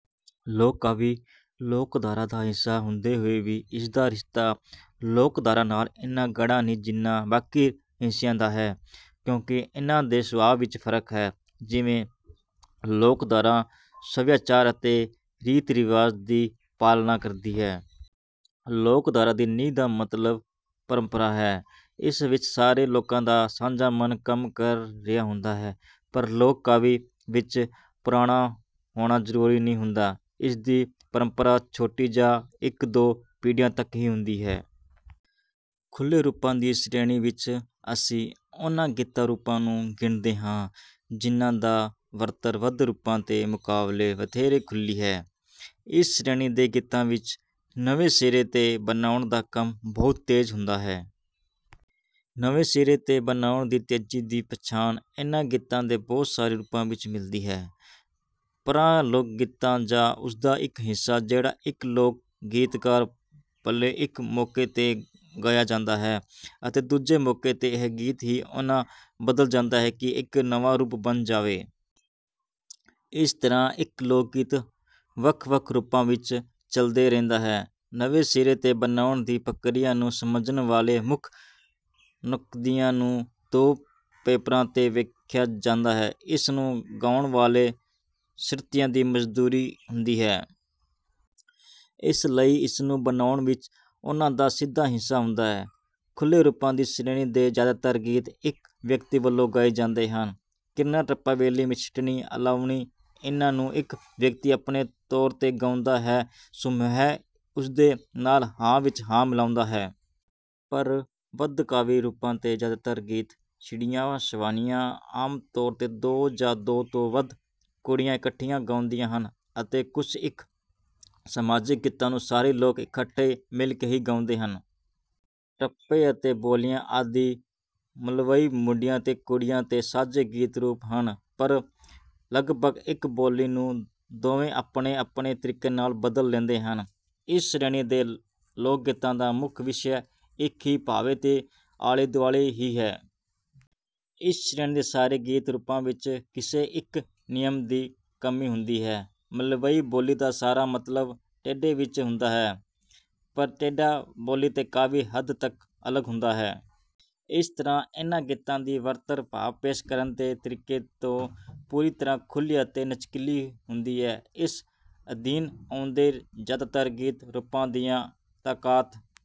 ਲੋਕ ਕਾਵਿ ਲੋਕਧਾਰਾ ਦਾ ਹਿੱਸਾ ਹੁੰਦੇ ਹੋਏ ਵੀ ਇਸਦਾ ਰਿਸ਼ਤਾ ਲੋਕਧਾਰਾ ਨਾਲ ਇੰਨਾ ਗੂੜ੍ਹਾ ਨਹੀਂ ਜਿੰਨਾ ਬਾਕੀ ਹਿੱਸਿਆਂ ਦਾ ਹੈ ਕਿਉਂਕਿ ਇਹਨਾਂ ਦੇ ਸੁਭਾਅ ਵਿੱਚ ਫਰਕ ਹੈ। ਜਿਵੇਂ ਲੋਕਧਾਰਾ ਸੱਭਿਆਚਾਰ ਅਤੇ ਰੀਤ ਰਿਵਾਜ ਦੀ ਪਾਲਣਾ ਕਰਦੀ ਹੈ। ਲੋਕਧਾਰਾ ਦੀ ਨੀਂਹ ਦਾ ਮਤਲਬ ਪਰੰਪਰਾ ਹੈ। ਇਸ ਵਿੱਚ ਸਾਰੇ ਲੋਕਾਂ ਦਾ ਸਾਂਝਾ ਮਨ ਕੰਮ ਕਰ ਰਿਹਾ ਹੁੰਦਾ ਹੈ ਪਰ ਲੋਕ ਕਾਵਿ ਵਿੱਚ ਪੁਰਾਣਾ ਹੋਣਾ ਜ਼ਰੂਰੀ ਨਹੀਂ ਹੁੰਦਾ। ਇਸਦੀ ਪਰੰਪਰਾ ਛੋਟੀ ਜਾਂ ਇੱਕ ਦੋ ਪੀੜੀਆਂ ਤੱਕ ਹੀ ਹੁੰਦੀ ਹੈ। ਖੁੱਲੇ ਰੂਪਾਂ ਦੀ ਸ਼੍ਰੇਣੀ ਵਿੱਚ ਅਸੀਂ ਉਹਨਾਂ ਗੀਤ ਰੂਪਾਂ ਨੂੰ ਗਿਣਦੇ ਹਾਂ ਜਿਨ੍ਹਾਂ ਦਾ ਬਣਤਰ ਬੰਦ ਰੂਪਾਂ ਦੇ ਮੁਕਾਬਲੇ ਵਧੇਰੇ ਖੁੱਲੀ ਹੈ। ਇਸ ਸ਼੍ਰੇਣੀ ਦੇ ਗੀਤਾਂ ਵਿੱਚ ਨਵੇਂ ਸਿਰੇ ਤੋਂ ਬਣਾਉਣ ਦਾ ਕੰਮ ਬਹੁਤ ਤੇਜ਼ ਹੁੰਦਾ ਹੈ। ਨਵੇਂ ਸਿਰੇ ਤੋਂ ਬਣਾਉਣ ਦੀ ਤੇਜ਼ੀ ਦੀ ਪਛਾਣ ਇਹਨਾਂ ਗੀਤਾਂ ਦੇ ਬਹੁਤ ਸਾਰੇ ਰੂਪਾਂ ਵਿੱਚ ਮਿਲਦੀ ਹੈ। ਪੂਰਾ ਲੋਕਗੀਤ ਜਾਂ ਉਸਦਾ ਇੱਕ ਹਿੱਸਾ ਜਿਹੜਾ ਇੱਕ ਲੋਕ ਗੀਤਕਾਰ ਵੱਲੋਂ ਇੱਕ ਮੌਕੇ ਤੇ ਗਾਇਆ ਜਾਂਦਾ ਹੈ ਅਤੇ ਦੂਜੇ ਮੌਕੇ ਤੇ ਉਹ ਗੀਤ ਹੀ ਇੰਨਾ ਬਦਲ ਜਾਂਦਾ ਹੈ ਕਿ ਇੱਕ ਨਵਾਂ ਰੂਪ ਬਣ ਜਾਵੇ। ਇਸ ਤਰ੍ਹਾਂ ਇੱਕੋ ਲੋਕਗੀਤ ਵੱਖ ਵੱਖ ਰੂਪਾਂ ਵਿੱਚ ਚੱਲਦਾ ਰਹਿੰਦਾ ਹੈ। ਨਵੇਂ ਸਿਰੇ ਤੋਂ ਬਣਾਉਣ ਦੀ ਪ੍ਰਕਿਰਿਆ ਨੂੰ ਸਮਝਣ ਵਾਲੇ ਮੁੱਖ ਨੁਕਤਿਆਂ ਨੂੰ ਦੋ ਪੱਧਰਾਂ ਤੇ ਦੇਖਿਆ ਜਾਂਦਾ ਹੈ। ਇਸ ਨੂੰ ਗਾਉਣ ਵੇਲੇ ਸਰੋਤਿਆਂ ਦੀ ਮੌਜੂਦਗੀ ਹੁੰਦੀ ਹੈ। ਇਸ ਲਈ ਇਸਨੂੰ ਬਣਾਉਣ ਵਿੱਚ ਉਹਨਾਂ ਦਾ ਸਿੱਧਾ ਹਿੱਸਾ ਹੁੰਦਾ ਹੈ। ਖੁੱਲੇ ਰੂਪਾਂ ਦੀ ਸ਼੍ਰੇਣੀ ਦੇ ਜ਼ਿਆਦਾਤਰ ਗੀਤ ਇੱਕ ਵਿਅਕਤੀ ਵੱਲੋਂ ਗਾਏ ਜਾਂਦੇ ਹਨ। ਕੀਰਨਾ ਟੱਪਾ ਬੋਲੀ ਸਿੱਠਣੀ ਅਲਾਹੁਣੀ ਇਹਨਾਂ ਨੂੰ ਇੱਕੋ ਵਿਅਕਤੀ ਆਪਣੇ ਤੌਰ ਤੇ ਗਾਉਂਦਾ ਹੈ ਸਮੂਹ ਉਸਦੇ ਨਾਲ ਹਾਂ ਵਿੱਚ ਹਾਂ ਮਿਲਾਉਂਦਾ ਹੈ। ਪਰ ਬੰਦ ਕਾਵਿ ਰੂਪਾਂ ਦੇ ਜ਼ਿਆਦਾਤਰ ਗੀਤ ਝਿੜੀਆਂ ਸਵਾਣੀਆਂ ਆਮ ਤੌਰ ਤੇ ਦੋ ਜਾਂ ਦੋ ਤੋਂ ਵੱਧ ਕੁੜੀਆਂ ਇਕੱਠੀਆਂ ਗਾਉਂਦੀਆਂ ਹਨ ਅਤੇ ਕੁਝ ਇੱਕ ਸਮਾਜਕ ਗੀਤਾਂ ਨੂੰ ਸਾਰੇ ਲੋਕ ਇਕੱਠੇ ਮਿਲ ਕੇ ਹੀ ਗਾਉਂਦੇ ਹਨ। ਟੱਪੇ ਅਤੇ ਬੋਲੀਆਂ ਆਦਿ ਮਲਵਈ ਮੁੰਡਿਆਂ ਤੇ ਕੁੜੀਆਂ ਦੇ ਸਾਂਝੇ ਗੀਤ ਰੂਪ ਹਨ ਪਰ ਲਗਪਗ ਇੱਕ ਬੋਲੀ ਨੂੰ ਦੋਵੇਂ ਆਪਣੇ ਆਪਣੇ ਤਰੀਕੇ ਨਾਲ ਬਦਲ ਲੈਂਦੇ ਹਨ। ਇਸ ਸ਼੍ਰੇਣੀ ਦੇ ਲੋਕਗੀਤਾਂ ਦਾ ਮੁੱਖ ਵਿਸ਼ਾ ਇੱਕ ਹੀ ਭਾਵ ਦੇ ਆਲੇ ਦੁਆਲੇ ਹੁੰਦਾ ਹੈ। ਇਸ ਸ਼੍ਰੇਣੀ ਦੇ ਸਾਰੇ ਗੀਤ ਰੂਪਾਂ ਵਿੱਚ ਕਿਸੇ ਇੱਕ ਨਿਯਮ ਦੀ ਕਮੀ ਹੁੰਦੀ ਹੈ। ਮਲਵਈ ਬੋਲੀ ਦਾ ਸਾਰਾ ਮਤਲਬ ਤੋੜੇ ਵਿੱਚ ਹੁੰਦਾ ਹੈ ਪਰ ਤੋੜਾ ਬੋਲੀ ਤੋਂ ਕਾਫੀ ਹੱਦ ਤੱਕ ਅਲੱਗ ਹੁੰਦਾ ਹੈ। ਇਸ ਤਰ੍ਹਾਂ ਇਹਨਾਂ ਗੀਤਾਂ ਦੀ ਬਣਤਰ ਭਾਵ ਪੇਸ਼ ਕਰਨ ਦੇ ਤਰੀਕੇ ਤੋਂ ਪੂਰੀ ਤਰ੍ਹਾਂ ਖੁੱਲੀ ਅਤੇ ਲਚਕੀਲੀ ਹੁੰਦੀ ਹੈ। ਇਸ ਅਧੀਨ ਆਉਂਦੇ ਜ਼ਿਆਦਾਤਰ ਗੀਤ ਰੂਪਾਂ ਦੀਆਂ ਤੁਕਾਂਤ